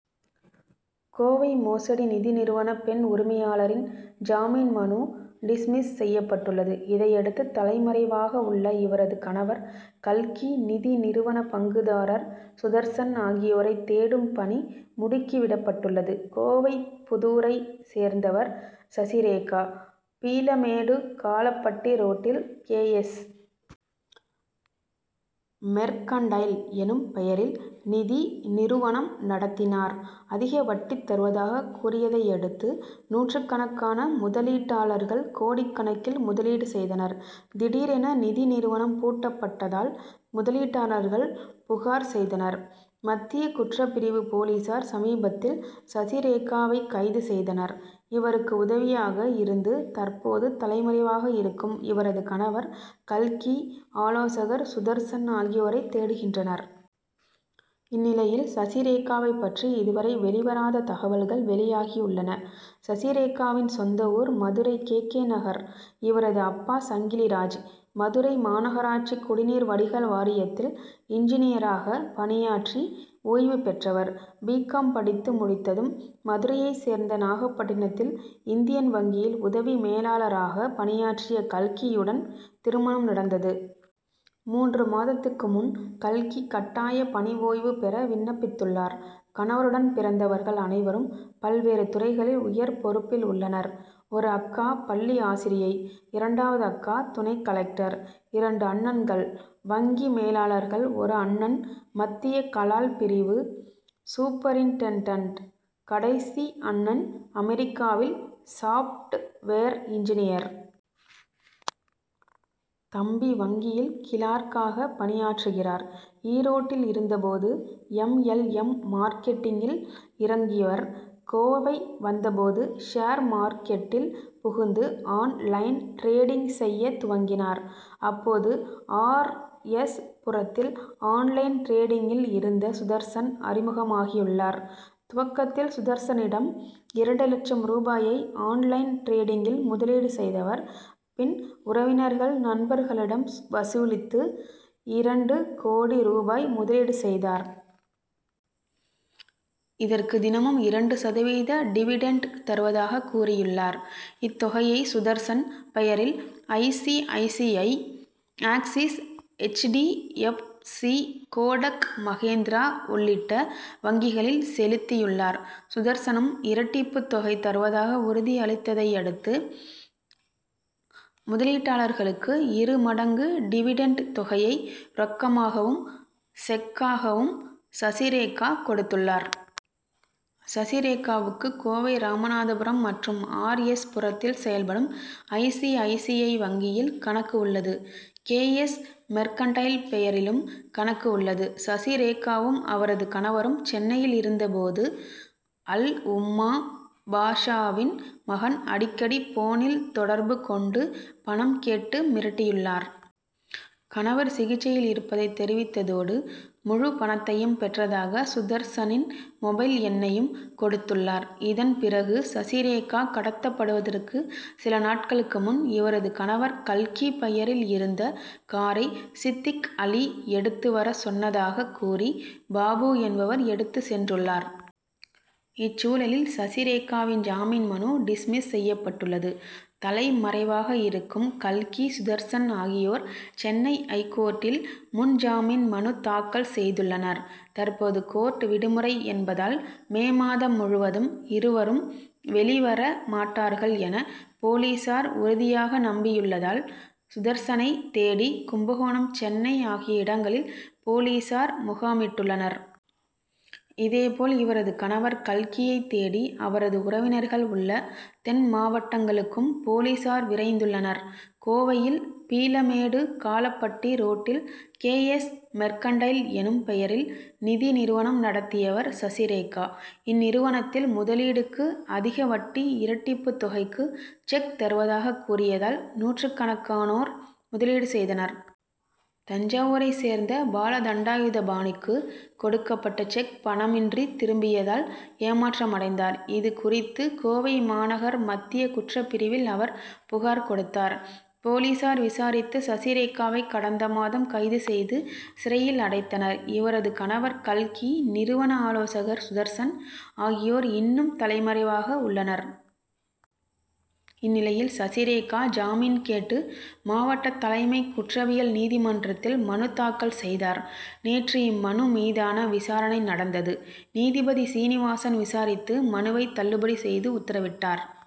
கோவை மோசடி நிதி நிறுவன பெண் உரிமையாளரின் ஜாமீன் மனு டிஸ்மிஸ் செய்யப்பட்டுள்ளது. இதையடுத்து தலைமறைவாக உள்ள இவரது கணவர் கல்கி நிதி நிறுவன பங்குதாரர் சுதர்சன் ஆகியோரை தேடும் பணி முடுக்கி விடப்பட்டுள்ளது. கோவைப்புதூரைச் சேர்ந்தவர் சசிரேகா. பீளமேடு காளப்பட்டி ரோட்டில் கே. எஸ். மெர்கன்டைல் எனும் பெயரில் நிதி நிறுவனம் நடத்தினார். அதிக வட்டி தருவதாகக் கூறியதையடுத்து நூற்றுக்கணக்கான முதலீட்டாளர்கள் கோடிக்கணக்கில் முதலீடு செய்தனர். திடீரென நிதி நிறுவனம் பூட்டப்பட்டதால் முதலீட்டாளர்கள் புகார் செய்தனர். மத்திய குற்றப் பிரிவு போலீசார் சமீபத்தில் சசிரேகாவை கைது செய்தனர். இவருக்கு உதவியாக இருந்து தற்போது தலைமறைவாக இருக்கும் இவரது கணவர் கல்கி ஆலோசகர் சுதர்சன் ஆகியோரை தேடுகின்றனர். இந்நிலையில் சசிரேகாவைப் பற்றி இதுவரை வெளிவராத தகவல்கள் வெளியாகியுள்ளன. சசிரேகாவின் சொந்த ஊர் மதுரை கே. கே. நகர். இவரது அப்பா சங்கிலிராஜ். மதுரை மாநகராட்சி குடிநீர் வடிகால் வாரியத்தில் இன்ஜினியராக பணியாற்றி ஓய்வு பெற்றவர். பி. காம். படித்து முடித்ததும் மதுரையைச் சேர்ந்த நாகப்பட்டினத்தில் இந்தியன் வங்கியில் உதவி மேலாளராக பணியாற்றிய கல்கியுடன் திருமணம் நடந்தது. மூன்று மாதத்துக்கு முன் கல்கி கட்டாய பணி ஓய்வு பெற விண்ணப்பித்துள்ளார். கணவருடன் பிறந்தவர்கள் அனைவரும் பல்வேறு துறைகளில் உயர் பொறுப்பில் உள்ளனர். ஒரு அக்கா பள்ளி ஆசிரியை இரண்டாவது அக்கா துணை கலெக்டர் இரண்டு அண்ணன்கள் வங்கி மேலாளர்கள் ஒரு அண்ணன் மத்திய கலால் பிரிவு சூப்பரின்டெண்டன்ட் கடைசி அண்ணன் அமெரிக்காவில் சாப்ட்வேர் இன்ஜினியர். தம்பி வங்கியில் கிளார்க்காக பணியாற்றுகிறார். ஈரோட்டில் இருந்தபோது எம். எல். எம். மார்க்கெட்டிங்கில் இறங்கியவர் கோவை வந்தபோது ஷேர் மார்க்கெட்டில் புகுந்து ஆன் லைன் டிரேடிங் செய்ய துவங்கினார். அப்போது ஆர். எஸ். புரத்தில் ஆன் லைன் டிரேடிங்கில் இருந்த சுதர்சன் அறிமுகமாகியுள்ளார். துவக்கத்தில் சுதர்சனிடம் இரண்டு லட்சம் ரூபாயை ஆன் லைன் டிரேடிங்கில் முதலீடு செய்தவர் பின் உறவினர்கள் நண்பர்களிடம் வசூலித்து இரண்டு கோடி ரூபாய் முதலீடு செய்தார். இதற்கு தினமும் இரண்டு சதவீத டிவிடெண்ட் தருவதாகக் கூறியுள்ளார். இத்தொகையை சுதர்சன் பெயரில் I. C. I. C. I. Axis H. D. F. C. Kotak Mahindra உள்ளிட்ட வங்கிகளில் செலுத்தியுள்ளார். சுதர்சனும் இரட்டிப்பு தொகை தருவதாக உறுதி அளித்ததையடுத்து முதலீட்டாளர்களுக்கு இரு மடங்கு டிவிடெண்ட் தொகையை ரொக்கமாகவும் செக்காகவும் சசிரேகா கொடுத்துள்ளார். சசிரேகாவுக்கு கோவை ராமநாதபுரம் மற்றும் ஆர். எஸ். புரத்தில் செயல்படும் I. C. I. C. I. வங்கியில் கணக்கு உள்ளது. கே. எஸ். மெர்கன்டைல் பெயரிலும் கணக்கு உள்ளது. சசிரேகாவும் அவரது கணவரும் சென்னையில் இருந்தபோது அல் உம்மா பாஷாவின் மகன் அடிக்கடி போனில் தொடர்பு கொண்டு பணம் கேட்டு மிரட்டியுள்ளார். கணவர் சிகிச்சையில் இருப்பதை தெரிவித்ததோடு முழுப்பணத்தையும் பெற்றதாக சுதர்சனின் மொபைல் எண்ணையும் கொடுத்துள்ளார். இதன் பிறகும் சசிரேகா கடத்தப்படுவதற்கு சில நாட்களுக்கு முன் இவரது கணவர் கல்கி பெயரில் இருந்த காரை சித்திக் அலி எடுத்து வரச் சொன்னதாகக் கூறி பாபு என்பவர் எடுத்துச் சென்றுள்ளார். இச்சூழலில் சசிரேகாவின் ஜாமீன் மனு டிஸ்மிஸ் செய்யப்பட்டுள்ளது. தலைமறைவாக இருக்கும் கல்கி சுதர்சன் ஆகியோர் சென்னை ஐகோர்ட்டில் முன்ஜாமீன் மனு தாக்கல் செய்துள்ளனர். தற்போது கோர்ட் விடுமுறை என்பதால் மே மாதம் முழுவதும் இருவரும் வெளி வர மாட்டார்கள் என போலீசார் உறுதியாக நம்பியுள்ளதால் சுதர்சனை தேடி கும்பகோணம் சென்னை ஆகிய இடங்களில் போலீசார் முகாமிட்டுள்ளனர். இதேபோல் இவரது கணவர் கல்கியை தேடி அவரது உறவினர்கள் உள்ள தென் மாவட்டங்களுக்கும் போலீசார் விரைந்துள்ளனர். கோவையில் பீளமேடு காளப்பட்டி ரோட்டில் கே. எஸ். மெர்கன்டைல் எனும் பெயரில் நிதி நிறுவனம் நடத்தியவர் சசிரேகா. இந்நிறுவனத்தில் முதலீடுக்கு அதிக வட்டி இரட்டிப்பு தொகைக்கு செக் தருவதாக கூறியதால் நூற்றுக்கணக்கானோர் முதலீடு செய்தனர். தஞ்சாவூரைச் சேர்ந்த பாலதண்டாயுதபாணிக்கு கொடுக்கப்பட்ட செக் பணமின்றி திரும்பியதால் ஏமாற்றமடைந்தார். இது குறித்து கோவை மாநகர் மத்திய குற்றப்பிரிவில் அவர் புகார் கொடுத்தார். போலீசார் விசாரித்து சசிரேகாவை கடந்த மாதம் கைது செய்து சிறையில் அடைத்தனர். இவரது கணவர் கல்கி நிறுவன ஆலோசகர் சுதர்சன் ஆகியோர் இன்னும் தலைமறைவாக உள்ளனர். இந்நிலையில் சசிரேகா ஜாமீன் கேட்டு மாவட்ட தலைமை குற்றவியல் நீதிமன்றத்தில் மனு தாக்கல் செய்தார். நேற்று இம்மனு மீதான விசாரணை நடந்தது. நீதிபதி சீனிவாசன் விசாரித்து மனுவை தள்ளுபடி செய்து உத்தரவிட்டார்.